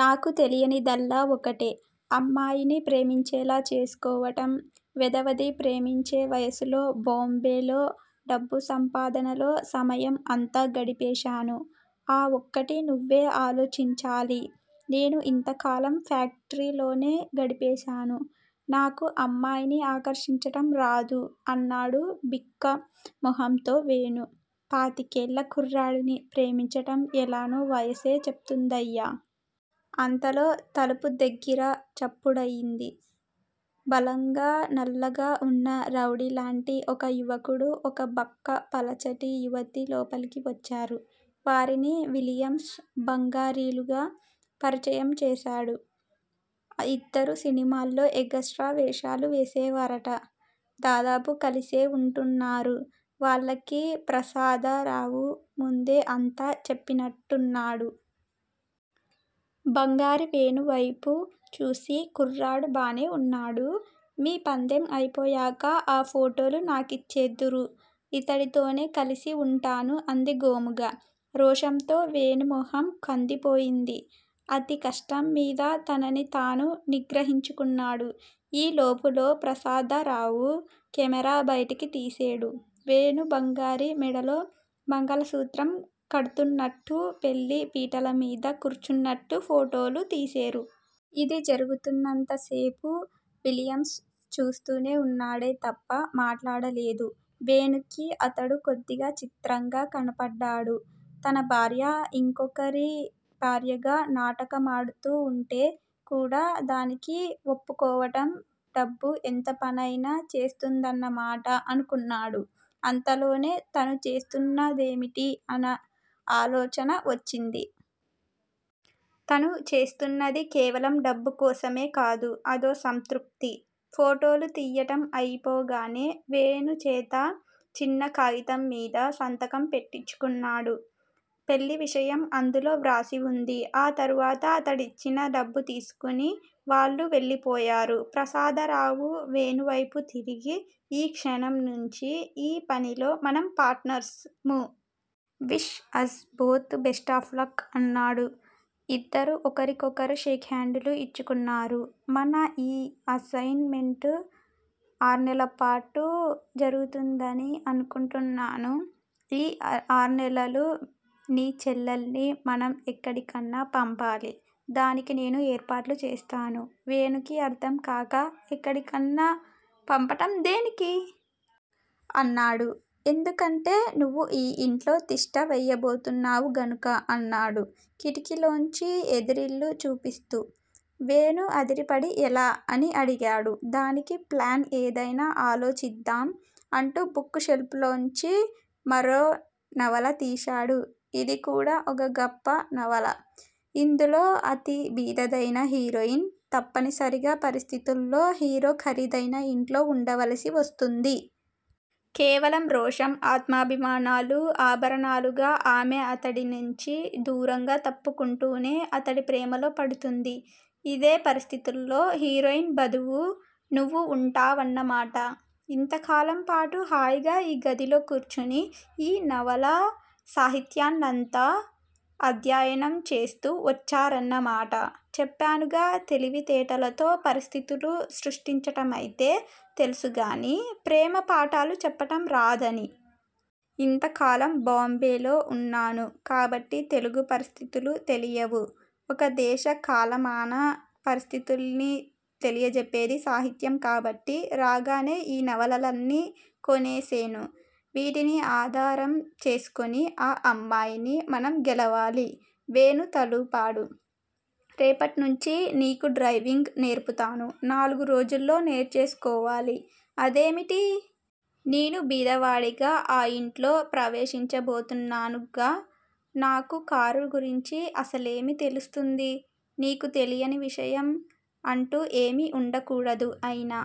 నాకు తెలియనిదల్లా ఒకటే, అమ్మాయిని ప్రేమించేలా చేసుకోవటం వెధవది ప్రేమించే వయసులో బోంబేలో డబ్బు సంపాదనలో సమయం అంతా గడిపేశాను. ఆ ఒక్కటీ నువ్వే ఆలోచించాలి నేను ఇంతకాలం ఫ్యాక్టరీలోనే గడిపేశాను. నాకూ అమ్మాయిని ఆకర్షించటం రాదు అన్నాడు బిక్కమొహంతో వేణు. పాతికేళ్ళ కుర్రాడిని ప్రేమించటం ఎలానో వయసే చెప్తుందయ్యా. అంతలో తలుపు దగ్గర చప్పుడయింది. బలంగా నల్లగా వున్న రౌడీలాంటి ఒక యువకుడు, ఒక బక్కపలచటి యువతి లోపలికి వచ్చారు. వారిని విలియమ్స్, బంగారీలుగా పరిచయం చేశాడు. ఇద్దరూ సినిమాల్లో ఎగస్ట్రా వేషాలు వేసేవారట. దాదాపు కలిసే వుంటున్నారు. వాళ్ళకి ప్రసాదరావు ముందే అంతా చెప్పినట్టున్నాడు. బంగారి వేణువైపు చూసి, కుర్రాడు బానే వున్నాడు. మీ పందెం అయిపోయాక ఆ ఫోటోలు నాకిచ్చేద్దురూ! ఇతడితోనే కలిసి వుంటాను అంది గోముగా. రోషంతో వేణు మొహం కందిపోయింది. అతి కష్టంమీద తనని తాను నిగ్రహించుకున్నాడు. ఈ లోపులో ప్రసాదరావు కెమేరా బయటికి తీసేడు. వేణు బంగారి మెడలో మంగళసూత్రం కడ్తున్నట్టూ, పెళ్ళి పీటలమీద కూర్చున్నట్టూ ఫోటోలు తీసేరు. ఇది జరుగుతున్నంతసేపూ విలియమ్స్ చూస్తూనే వున్నాడే తప్ప మాట్లాడలేదు. వేణూకి అతడు కొద్దిగా చిత్రంగా కనపడ్డాడు. తన భార్య ఇంకొకరి భార్యగా నాటక మాడుతూ వుంటే కూడా దానికి వప్పుకోవటం డబ్బు ఎంతపనయినా చేస్తుందన్న మాట_ అనుకున్నాడు. అంతలోనే, తను చేస్తున్నదేమిటి అన ఆలోచన వచ్చింది. తను చేస్తున్నది కేవలం డబ్బు కోసమే కాదు. అదో సంతృప్తి. ఫోటోలు తియ్యటం అయిపోగానే, వేణు చేత చిన్న కాగితంమీద సంతకం పెట్టించుకున్నాడు. పెళ్ళి విషయం అందులో వ్రాసి వుంది. ఆ తరువాత అతడిచ్చిన డబ్బు తీసుకుని వాళ్ళు వెళ్ళిపోయారు. ప్రసాదరావు వేణువైపు తిరిగి, ఈ క్షణం నుంచీ ఈ పనిలో మనం పార్టనర్స్ ము. Wish as both best of luck అన్నాడు. ఇద్దరూ ఒకరికొకరు షేక్ హాండ్ లు యిచ్చుకున్నారు. మన ఈ అసైన్ మెంటు ఆర్నెల్లపాటు జరుగుతుందని అనుకుంటున్నాను. ఈ ఆర్నెలలూ నీ చెల్లెల్ని మనం ఎక్కడికన్నా పంపాలి. దానికి నేను ఏర్పాట్లు చేస్తాను. వేణుకి అర్ధంకాక, ఎక్కడికన్నా పంపటం దేనికి? అన్నాడు. ఎందుకంటే_ నువ్వు ఈ యింట్లో తిష్ట వేయబోతున్నావు గనుక అన్నాడు కిటికీలోంచి ఎదిరిల్లు చూపిస్తూ. వేణు అదిరిపడి, ఎలా? అని అడిగాడు. దానికి ప్లాన్ ఏదైనా ఆలోచిద్దాం అంటూ బుక్ షెల్పులోంచి మరో నవల తీశాడు__ ఇదికూడా ఒక గొప్ప నవల. ఇందులో అతి బీదదైన హీరోయిన్ తప్పనిసరిగా పరిస్థితుల్లో హీరో ఖరీదైన ఇంట్లో వుండవలసి వస్తుంది. కేవలం రోషం, ఆత్మాభిమానాలు ఆభరణాలుగా ఆమె అతడినించి దూరంగా తప్పుకుంటూనే అతడి ప్రేమలో పడుతుంది. ఇదే పరిస్థితుల్లో హీరోయిన్ బదువు నువ్వు వుంటావన్నమాట. ఇంతకాలంపాటు హాయిగా ఈ గదిలో కూర్చుని ఈ నవలా సాహిత్యాన్నంతా ఆధ్యయనం చేస్తూ వచ్చారన్నమాట. చెప్పానుగా! తెలివితేటలతో పరిస్థితులు సృష్టించటమైతే తెలుసుగానీ_ ప్రేమ పాఠాలు చెప్పటం రాదని. ఇంతకాలం బోంబేలో వున్నాను కాబట్టి తెలుగు పరిస్థితులు తెలియవు. ఒక దేశ కాలమాన పరిస్థితుల్ని తెలియజెప్పేది సాహిత్యం కాబట్టి, రాగానే ఈ నవలలన్నీ కొనేసేను. వీటిని ఆధారం చేసుకుని ఆ అమ్మాయిని మనం గెలవాలి. వేణు తలూపాడు. రేపట్నుంచి నీకు డ్రైవింగ్ నేర్పుతాను. నాల్గు రోజుల్లో నేర్చేసుకోవాలి అదేమిటీ? నేను బీదవాడిగా ఆ ఇంట్లో ప్రవేశించబోతున్నానుగా! నాకు కారు గురించి అసలేమి తెలుస్తుంది? నీకు తెలియని విషయం అంటూ ఏమీ ఉండకూడదు. అయినా